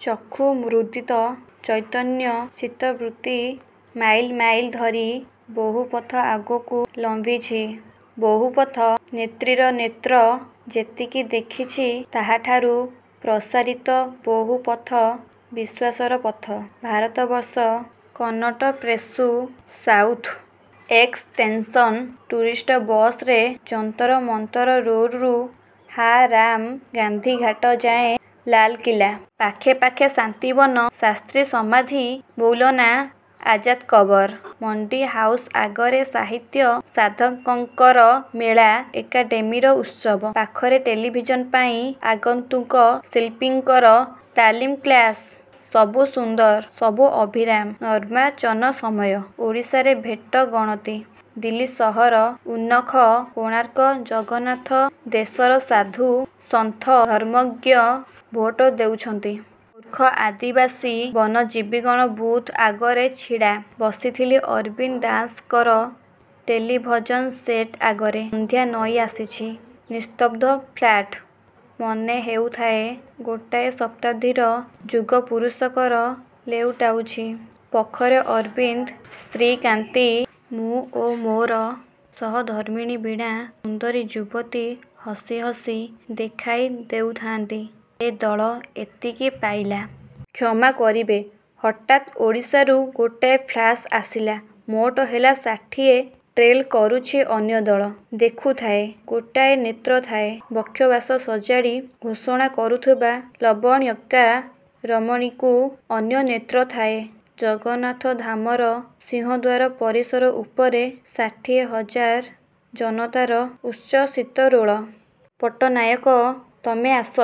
' ଚକ୍ଷୁ ମୁଦ୍ରିତ ଚୈତନ୍ୟ ଚିତ୍ତବୃତ୍ତି ମାଇଲ୍ ମାଇଲ୍ ଧରି ବହୁ ପଥ ଆଗକୁ ଲମ୍ବିଛି ବହୁ ପଥ... ନେତ୍ରୀର ନେତ୍ର ଯେତିକି ଦେଖିଛି, ତାହାଠାରୁ ପ୍ରସାରିତ ବହୁ ପଥ-ବିଶ୍ୱାସର ପଥ। ଭାରତବର୍ଷ କନ୍ନଟପ୍ରେସ୍ରୁ ସାଉଥ୍ ଏକ୍ସଟେନସନ୍…. ଟୁରିଷ୍ଟ ବସରେ ଯନ୍ତର ମନ୍ତର ରୋଡ଼ରୁ "ହା ରାମ" ଗାନ୍ଧିଘାଟ ଯାଏ–ଲାଲ୍ କିଲ୍ଲା... ପାଖେ ପାଖେ ଶାନ୍ତିବନ-ଶାସ୍ତ୍ରୀ ସମାଧି-ମୌଲନା ଆଜାଦ୍ କବର। ମଣ୍ଡି ହାଉସ୍ ଆଗରେ ସାହିତ୍ୟ ସାଧକଙ୍କର ମେଳା-ଏକାଡ଼େମୀର ଉତ୍ସବ। ପାଖରେ ଟେଲିଭିଜନ୍ ପାଇଁ ଆଗନ୍ତୁକ ଶିଳ୍ପୀଙ୍କର ତାଲିମ୍ କ୍ଳାସ୍। ସବୁ ସୁନ୍ଦର, ସବୁ ଅଭିରାମ। ନର୍ବାଚନ ସମୟ, ଓଡ଼ିଶାରେ ଭୋଟ ଗଣତି। ଦିଲ୍ଲୀ ସହର ଉନ୍ମୁଖ... କୋଣାର୍କ, ଜଗନ୍ନାଥ ଦେଶର ସାଧୁ ସନ୍ଥ, ଧର୍ମଜ୍ଞ ଭୋଟ ଦେଉଛନ୍ତି। ମୂର୍ଖ ଆଦିବାସୀ ବନଜୀବିଗଣ ବୁଥ୍ ଆଗରେ ଛିଡ଼ା। ବସିଥିଲି ଅରବିନ୍ଦ ଦାସଙ୍କର ଟେଲିଭଜନ ସେଟ୍ ଆଗରେ। ସନ୍ଧ୍ୟା ନଇଁଆସିଛି। ନିସ୍ତବ୍ଧ ଫ୍ଲାଟ୍। ମନେହେଉଥାଏ ଗୋଟାଏ ଶତାବ୍ଦୀର ଯୁଗପୁରୁଷ କର ଲେଉଟାଉଛି। ପଖରେ ଅରବିନ୍ଦ, ସ୍ତ୍ରୀ କାନ୍ତି, ମୁଁ ଓ ମୋର ସହଧର୍ମିଣୀ ବୀଣା.. ସୁନ୍ଦରୀ ଯୁବତି ହସି ହସି ଦେଖାଇଦେଉଥାନ୍ତି–ଏ ଦଳ ଏତିକି ପାଇଲା। କ୍ଷମା କରିବେ, ହଠାତ୍ ଓଡ଼ିଶାରୁ ଗୋଟାଏ ଫ୍ଲାସ୍ ଆସିଲା। ମୋଟ ହେଲା ଷାଠିଏ। ଟ୍ରେଲ୍ କରୁଛି ଅନ୍ୟ ଦଳ। ଦେଖୁଥାଏ। ଗୋଟାଏ ନେତ୍ର ଥାଏ ବକ୍ଷବାସ ସଜାଡ଼ି ଘୋଷଣା କରୁଥିବା ଲବଣ୍ୟିକା ରମଣୀକୁ, ଅନ୍ୟ ନେତ୍ର ଥାଏ ଜଗନ୍ନାଥ ଧାମର ସିଂହଦ୍ଵାର ପରିସର ଉପରେ। ଷାଠିଏ ହଜାର ଜନତାର ଉଚ୍ଛ୍ଵସିତ ରୋଳ…. ପଟ୍ଟନାୟକ, ତମେ ଆସ,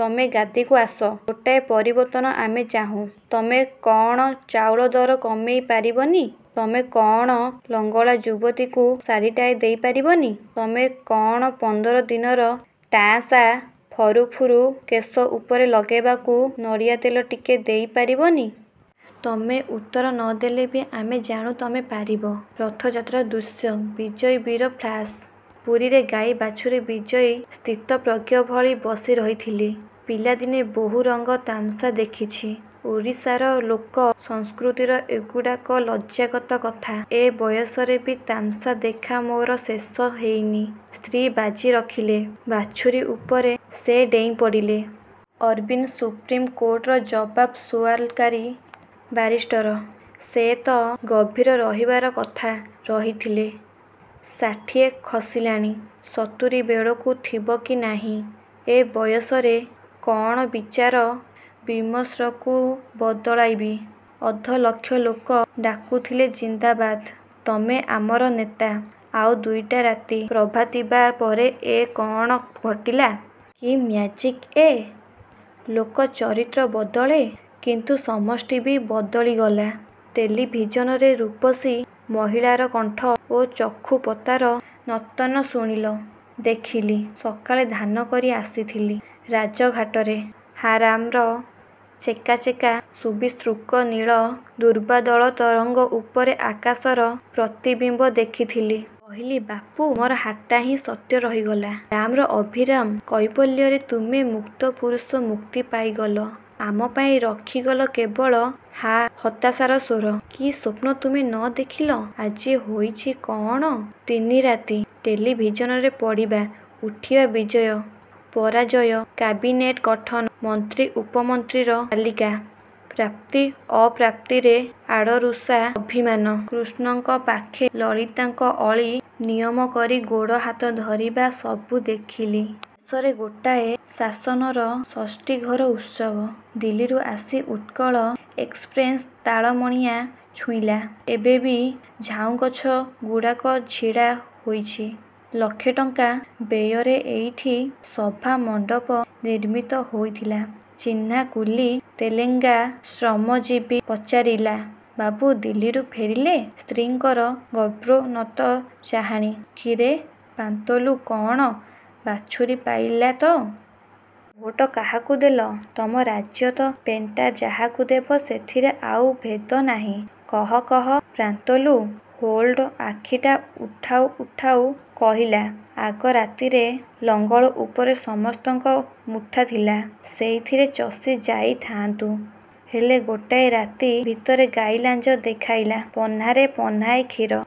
ତମେ ଗାଦିକୁ ଆସ; ଗୋଟାଏ ପରିବର୍ତ୍ତନ ଆମେ ଚାହୁଁ। ତମେ କଅଣ ଚାଉଳ ଦର କମେଇ ପାରିବନି? ତମେ କଅଣ ଲଙ୍ଗଳା ଯୁବତୀକୁ ଶାଢ଼ିଟାଏ ଦେଇପାରିବନି? ତମେ କଅଣ ପନ୍ଦର ଦିନର ଟାଆଁସା ଫରୁ-ଫୁରୁ କେଶ ଉପରେ ଲଗାଇବାକୁ ନଡ଼ିଆତେଲ ଟିକିଏ ଦେଇ ପାରିବନି? ତମେ ଉତ୍ତର ନ ଦେଲେ ବି ଆମେ ଜାଣୁ ତମେ ପାରିବ। ରଥଯାତ୍ରାର ଦୃଶ୍ୟ… ବିଜୟୀ ବୀର.. ଫ୍ଲାସ୍…. ପୁରୀରେ ଗାଈ ବାଛୁରୀ ବିଜୟ…. ସ୍ଥିତପ୍ରଜ୍ଞ ଭଳି ବସିରହିଥିଲି। ପିଲାଦିନେ ବହୁ ରଙ୍ଗ ତାମସା ଦେଖିଛି। ଓଡ଼ିଶାର ଲୋକ-ସଂସ୍କୃତିର ଏଗୁଡ଼ାକ ମଜ୍ଜାଗତ କଥା। ଏ ବୟସରେ ବି ତାମସା ଦେଖା ମୋର ଶେଷ ହୋଇନି… ସ୍ତ୍ରୀ ବାଜି ରଖିଥିଲେ ବାଛୁରୀ ଉପରେ… ସେ ଡେଇଁପଡ଼ିଲେ। ଅରବିନ୍ଦ ସୁପ୍ରିମ୍ କୋର୍ଟର ଜବାବସୁଆଲକାରୀ ବାରିଷ୍ଟର। ସେ ତ ଗମ୍ଭୀର ରହିବାର କଥା, ରହିଥିଲେ। ଷାଠିଏ ଖସିଲାଣି। ସତୁରୀବେଳକୁ ଥିବ କି ନାହିଁ। ଏ ବୟସରେ କଅଣ ବିଚାର ବିମର୍ଷକୁ ବଦଳାଇବି? ଅର୍ଦ୍ଧ ଲକ୍ଷ ଲୋକ ଡାକୁଥିଲେ ଜିନ୍ଦାବାଦ। ତମେ ଆମର ନେତା….. ଆଉ ଦୁଇଟା ରାତ୍ରି ପ୍ରଭାତିବା ପରେ ଏ କଅଣ ଘଟିଲା? କି ମ୍ୟାଜିକ୍ ଏ? ଲୋକ-ଚରିତ୍ର ବଦଳେ; କିନ୍ତୁ ସମଷ୍ଟି ବି ବଦଳିଗଲା? ଟେଲିଭିଜନରେ ରୂପସୀ ମହିଳାର କଣ୍ଠ ଓ ଚକ୍ଷୁପତାର ନର୍ତ୍ତନ ଶୁଣିଲ, ଦେଖିଲି। ସକାଳେ ଧ୍ୟାନ କରି ଆସିଥିଲି ରାଜଘାଟରେ। 'ହାରାମ'ର ଚେକା ଚେକା ସୁବିସ୍ତୃତ ନୀଳ ଦୁର୍ବାଦଳ ତରଙ୍ଗ ଉପରେ ଆକାଶର ପ୍ରତିବିମ୍ବ ଦେଖିଥିଲି। କହିଲି–ବାପୁ, ତୁମର 'ହା'ଟା ହିଁ ସତ୍ୟ ରହିଗଲା। ରାମର ଅଭିରାମ କୈବଲ୍ୟରେ ତୁମେ ମୁକ୍ତ-ପୁରୁଷ ମୁକ୍ତି ପାଇଗଲ। ଆମପାଇଁ ରଖିଗଲ କେବଳ ହା-ହତାଶାର ସ୍ୱର। କି ସ୍ଵପ୍ନ ତୁମେ ନ ଦେଖିଥିଲ? ଆଜି ହୋଇଛି କଅଣ? ତିନି ରାତି ଟେଲିଭିଜନରେ ପଡ଼ିବା, ଉଠିବା, ବିଜୟ, ପରାଜୟ, କାବିନେଟ୍ ଗଠନ, ମନ୍ତ୍ରୀ ଉପମନ୍ତ୍ରୀର ତାଲିକା, ପ୍ରାପ୍ତି ଅପ୍ରାପ୍ତିରେ ଆଡ଼-ରୁଷା, ଅଭିମାନ, କୃଷ୍ଣଙ୍କପାଖେ ଲଳିତାଙ୍କ ଅଳି, ନିୟମକରି ଗୋଡ଼ ହାତ ଧରିବା ସବୁ ଦେଖିଲି। ଦେଶରେ ଗୋଟାଏ ଶାସନର ଷଷ୍ଠୀଘର ଉତ୍ସବ। ଦିଲ୍ଲୀରୁ ଆସି ଉତ୍କଳ ଏକ୍ସପ୍ରେସ୍ ତାଳବଣିଆ ଛୁଇଁଲା। ଏବେ ବି ଝାଉଁଗଛଗୁଡ଼ାକ ଛିଡ଼ା ହୋଇଛି। ଲକ୍ଷେ ଟଙ୍କା ବ୍ୟୟରେ ଏଇଠି ସଭାମଣ୍ଡପ ନିର୍ମିତ ହୋଇଥିଲା। ଚିହ୍ନା କୁଲୀ, ତେଲେଙ୍ଗା ଶ୍ରମଜୀବୀ ପଚାରିଲା–ବାବୁ, ଦିଲ୍ଲୀରୁ ଫେରିଲେ? ସ୍ତ୍ରୀଙ୍କର ଗର୍ବୋନ୍ନତ ଚାହାଣି… କିରେ ପାନ୍ତଲୁ କଅଣ ବାଛୁରୀ ପାଇଲା ତ? ଭୋଟ କାହାକୁ ଦେଲ? ତମ ରାଜ୍ୟ ତ ପେଣ୍ଟ୍କଟା, ଯାହାକୁ ଦେବ ସେଥିରେ ଆଉ ଭେଦନାହିଁ। କହ, କହ– ପାନ୍ତଲୁ ହୋଲ୍ଡ଼ ଆଖିଟା ଉଠାଉ ଉଠାଉ କହିଲା–ଆଗ ରାତିରେ ଲଙ୍ଗଳ ଉପରେ ସମସ୍ତଙ୍କ ମୁଠା ଥିଲା, ସେଇଥିରେ ଚଷିଯାଇଥାନ୍ତୁ। ହେଲେ ଗୋଟାଏ ରାତି ଭିତରେ ଗାଈ ଲାଞ୍ଜ ଦେଖାଇଲା; ପହ୍ନାରେ ପହ୍ନାଏ କ୍ଷୀର…